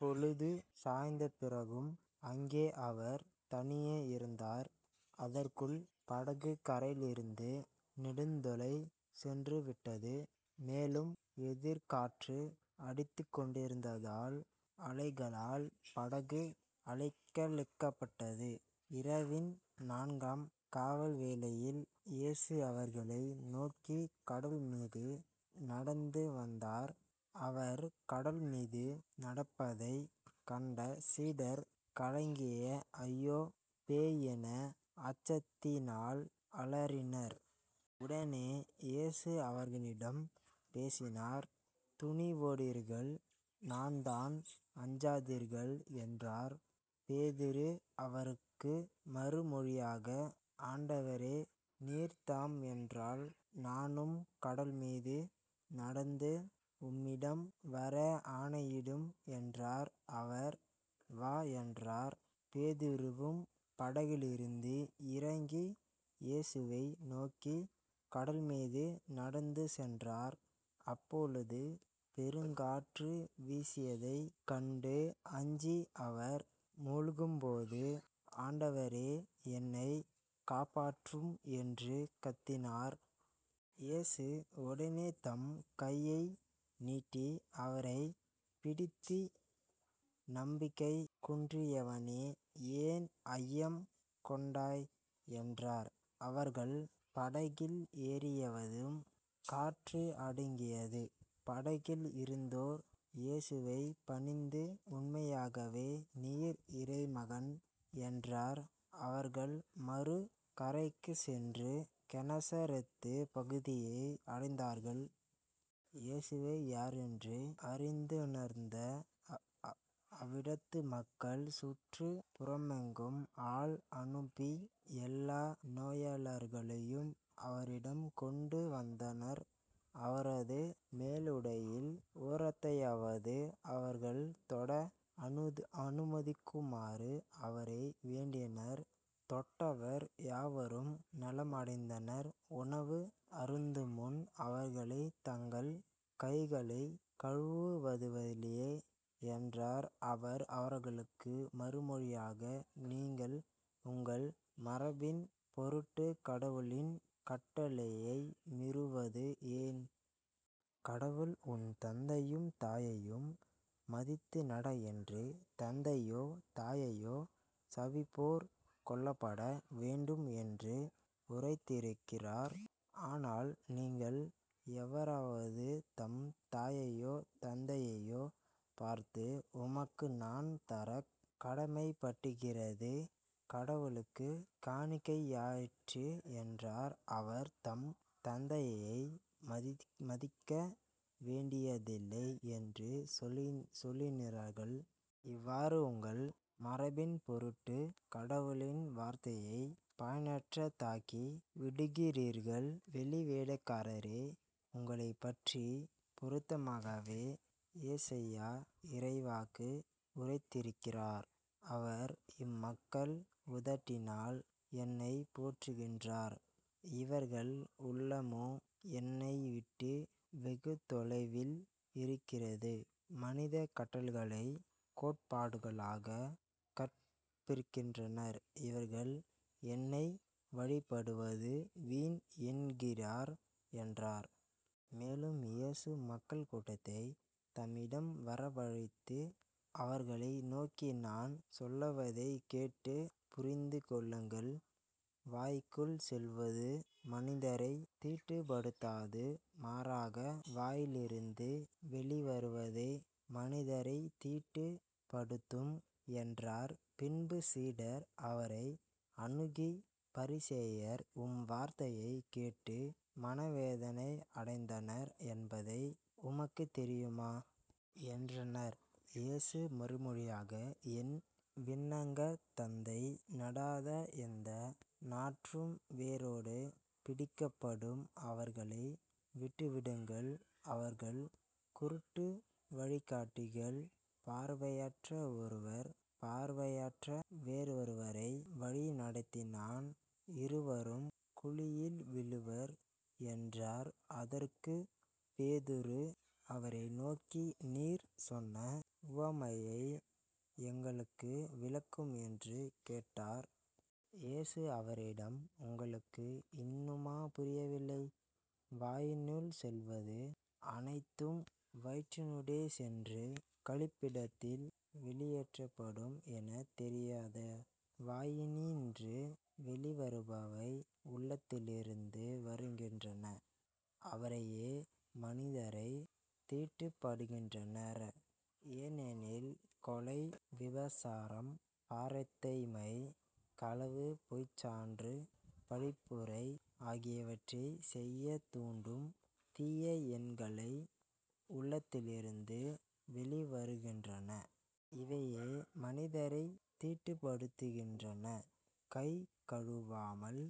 பொழுது சாய்ந்தபிறகும் அங்கே அவர் தனியே இருந்தார். அதற்குள் படகு கரையிலிருந்து நெடுந்தொலை சென்றுவிட்டது. மேலும் எதிர்க்காற்று அடித்துக்கொண்டிருந்ததால் அலைகளால் படகு அலைக்கழிக்கப்பட்டது. இரவின் நான்காம் காவல்வேளையில் இயேசு அவர்களை நோக்கிக் கடல்மீது நடந்து வந்தார். அவர் கடல்மீதுய நடப்பதைக் கண்ட சீடர் கலங்கி ஐயோ பேய் என அச்சத்தினால் அலறினர். உடனே இயேசு அவர்களிடம் பேசினார். துணிவோடிருங்கள் நான்தான் அஞ்சாதீர்கள் என்றார். பேதுரு அவருக்கு மறுமொழியாக ஆண்டவரே நீர்தாம் என்றால் நானும் கடல்மீது நடந்து உம்மிடம் வர ஆணையிடும் என்றார். அவர் வா என்றார். பேதுருவும் படகிலிருந்து இறங்கி இயேசுவை நோக்கிக் கடல்மீது நடந்து சென்றார். அப்பொழுது பெருங்காற்று வீசியதைக் கண்டு அஞ்சி அவர் முழ்கும்போது ஆண்டவரே என்னைக் காப்பாற்றும் என்று கத்தினார். இயேசு உடனே தம் கையை நீட்டி அவரைப் பிடித்து நம்பிக்கை குன்றியவனே ஏன் ஐயம் கொண்டாய்? என்றார். அவர்கள் படகில் ஏறியதும் காற்று அடங்கியது. படகில் இருந்தோர் இயேசுவைப் பணிந்து உண்மையாகவே நீர் இறைமகன் என்றார். அவர்கள் மறு கரைக்குச் சென்று கெனசரேத்துப் பகுதியை அடைந்தார்கள். இயேசுவை யாரென்று அறிந்துணர்ந்த அவ்விடத்து மக்கள் சுற்றுப் புறமெங்கும் ஆள் அனுப்பி எல்லா நோயாளர்களையும் அவரிடம் கொண்டு வந்தனர். அவரது மேலுடையின் ஓரத்தையாவது அவர்கள் தொட அனுமதிக்குமாறு அவரை வேண்டினர் தொட்டவர் யாவரும் நலமடைந்தனர். உணவு அருந்துமுன் அவர்களை தங்கள் கைகளைக் கழுவுவதுவதிலையே என்றனர். அவர் அவர்களுக்கு மறுமொழியாக நீங்கள் உங்கள் மரபின் பொருட்டுக் கடவுளின் கட்டளையை மிறுவது ஏன்? கடவுள் உன் தந்தையும் தாயையும் மதித்து நட என்று தந்தையோ தாயையோ சபிப்போர் கொல்லப்பட வேண்டும் என்று உரைத்திருக்கிறார். ஆனால் நீங்கள் எவராவது தம் தாயையோ தந்தையையோ பார்த்து உமக்கு நான் தரக் கடமைப்பட்டிக்கிறது கடவுளுக்குக் காணிக்கையாயிற்று என்றால் அவர் தம் தந்தையை மதிக்க வேண்டியதில்லை என்று சொல்லுசொல்லுனிறார்கள். இவ்வாறு உங்கள் மரபின்பொருட்டுக் கடவுளின் வார்த்தையைப் பயனற்றதாக்கி விடுகிறீர்கள். வெளிவேடக்காரரே உங்களைப்பற்றிப் பொருத்தமாகவே எசாயா இறைவாக்கு உரைத்திருக்கிறார். அவர் இம்மக்கள் உதட்டினால் என்னைப் போற்றுகின்றார். இவர்கள் உள்ளமோ என்னைவிட்டு வெகு தொலைவில் இருக்கிறது. மனிதக் கட்டள்களைக் கோட்பாடுகளாகக் கற்பிக்கின்றனர். இவர்கள் என்னை வழிபடுவது வீண் என்கிறார் என்றார். மேலும் இயேசு மக்கள் கூட்டத்தைத் தம்மிடம் வரவழைத்து அவர்களை நோக்கி நான் சொல்லவதைக் கேட்டுப் புரிந்துகொள்ளுங்கள். வாய்க்குள் செல்வது மனிதரைத் தீட்டுப்படுத்தாது மாறாக வாயிலிருந்து வெளிவருவதே மனிதரைத் தீட்டுப் படுத்தும் என்றார். பின்பு சீடர் அவரை அணுகி பரிசேயர் உம் வார்த்தையைக் கேட்டு மனவேதனை அடைந்தனர் என்பதே உமக்குத் தெரியுமா? என்றனர். இயேசு மறுமொழியாக என் விண்ணகத் தந்தை நடாத எந்த நாற்றும் வேரோடு பிடிக்கப்படும். அவர்களை விட்டுவிடுங்கள். அவர்கள் குருட்டு வழிகாட்டிகள். பார்வையற்ற ஒருவர் பார்வையற்ற வேறொருவரை வழிநடத்தினால் இருவரும் குழியில் விழுவர் என்றார். அதற்குப் பேதுரு அவரை நோக்கி நீர் சொன்ன உவமையை எங்களுக்கு விளக்கும் என்று கேட்டார். இயேசு அவரிடம் உங்களுக்கு இன்னுமா புரியவில்லை? வாயினுள் செல்வது அனைத்தும் வயிற்றினூடே சென்று கழிப்பிடத்தில் வெளியேற்றப்படும் எனத் தெரியாதா? வாயினின்று வெளிவருபவை உள்ளத்திலிருந்து வருகின்றன. அவரையே மனிதரைத் தீட்டுப்படுகின்றனர். ஏனெனில் கொலை விபசாரம் பரத்தைமை களவு பொய்ச்சான்று பழிப்புரை ஆகியவற்றைச் செய்யத் தூண்டும் தீய எண்களை உள்ளத்திலிருந்து வெளிவருகின்றன. இவையே மனிதரைத் தீட்டுப்படுத்துகின்றன. கை கழுவாமல்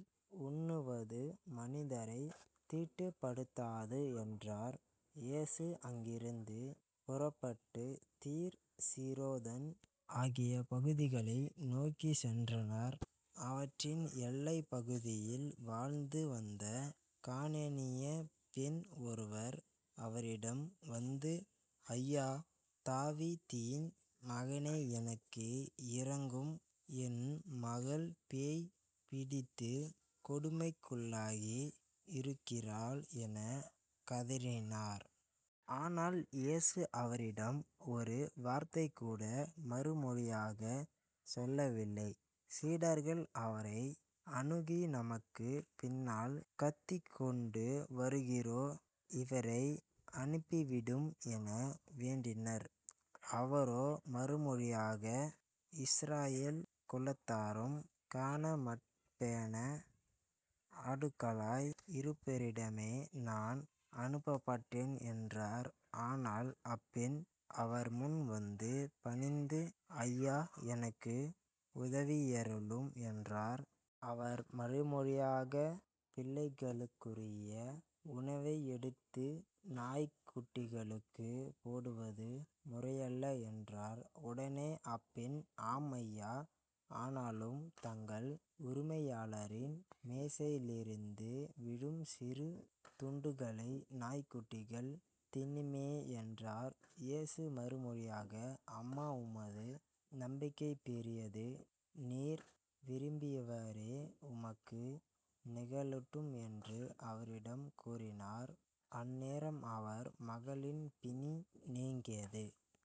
உண்ணுவது மனிதரைத் தீட்டுப்படுத்தாது என்றார். இயேசு அங்கிருந்து புறப்பட்டுத் தீர் சீரோதன் ஆகிய பகுதிகளை நோக்கிச் சென்றார். அவற்றின் எல்லைப் பகுதியில் வாழ்ந்து வந்த கானேனியப் பெண் ஒருவர் அவரிடம் வந்து ஐயா தாவிதீன் மகனே எனக்கு இரங்கும் என் மகள் பேய் பிடித்துக் கொடுமைக்குள்ளாகி இருக்கிறாள் எனக் கதறினார். ஆனால் இயேசு அவரிடம் ஒரு வார்த்தைகூட மறுமொழியாகச் சொல்லவில்லை. சீடர்கள் அவரை அணுகி நமக்குப் பின்னால் கத்திக்கொண்டு வருகிறோரே இவரை அனுப்பிவிடும் என வேண்டினர். அவரோ மறுமொழியாக இஸ்ராயல் குலத்தாரும் காணாமற்பேன ஆடுகளாய் இருப்பேரிடமே நான் அனுப்பப்பட்டேன் என்றார். ஆனால் அப்பெண் அவர்முன் வந்து பணிந்து ஐயா எனக்கு உதவியருளும் என்றார். அவர் மறுமொழியாக பிள்ளைகளுக்குரிய உணவை எடுத்து நாய்க் குட்டிகளுக்குப் போடுவது முறையல்ல என்றார். உடனே அப்பெண் ஆம் ஐயா ஆனாலும் தங்கள் உரிமையாளரின் மேசையிலிருந்து விழும் சிறு துண்டுகளை நாய்க்குட்டிகள் தின்னுமே என்றார். இயேசு மறுமொழியாக அம்மா உமது நம்பிக்கை பெரியது. நீர் விரும்பியவாறே உமக்கு நிகழட்டும் என்று அவரிடம் கூறினார். அந்நேரம் அவர் மகளின் பிணி நீங்கியது.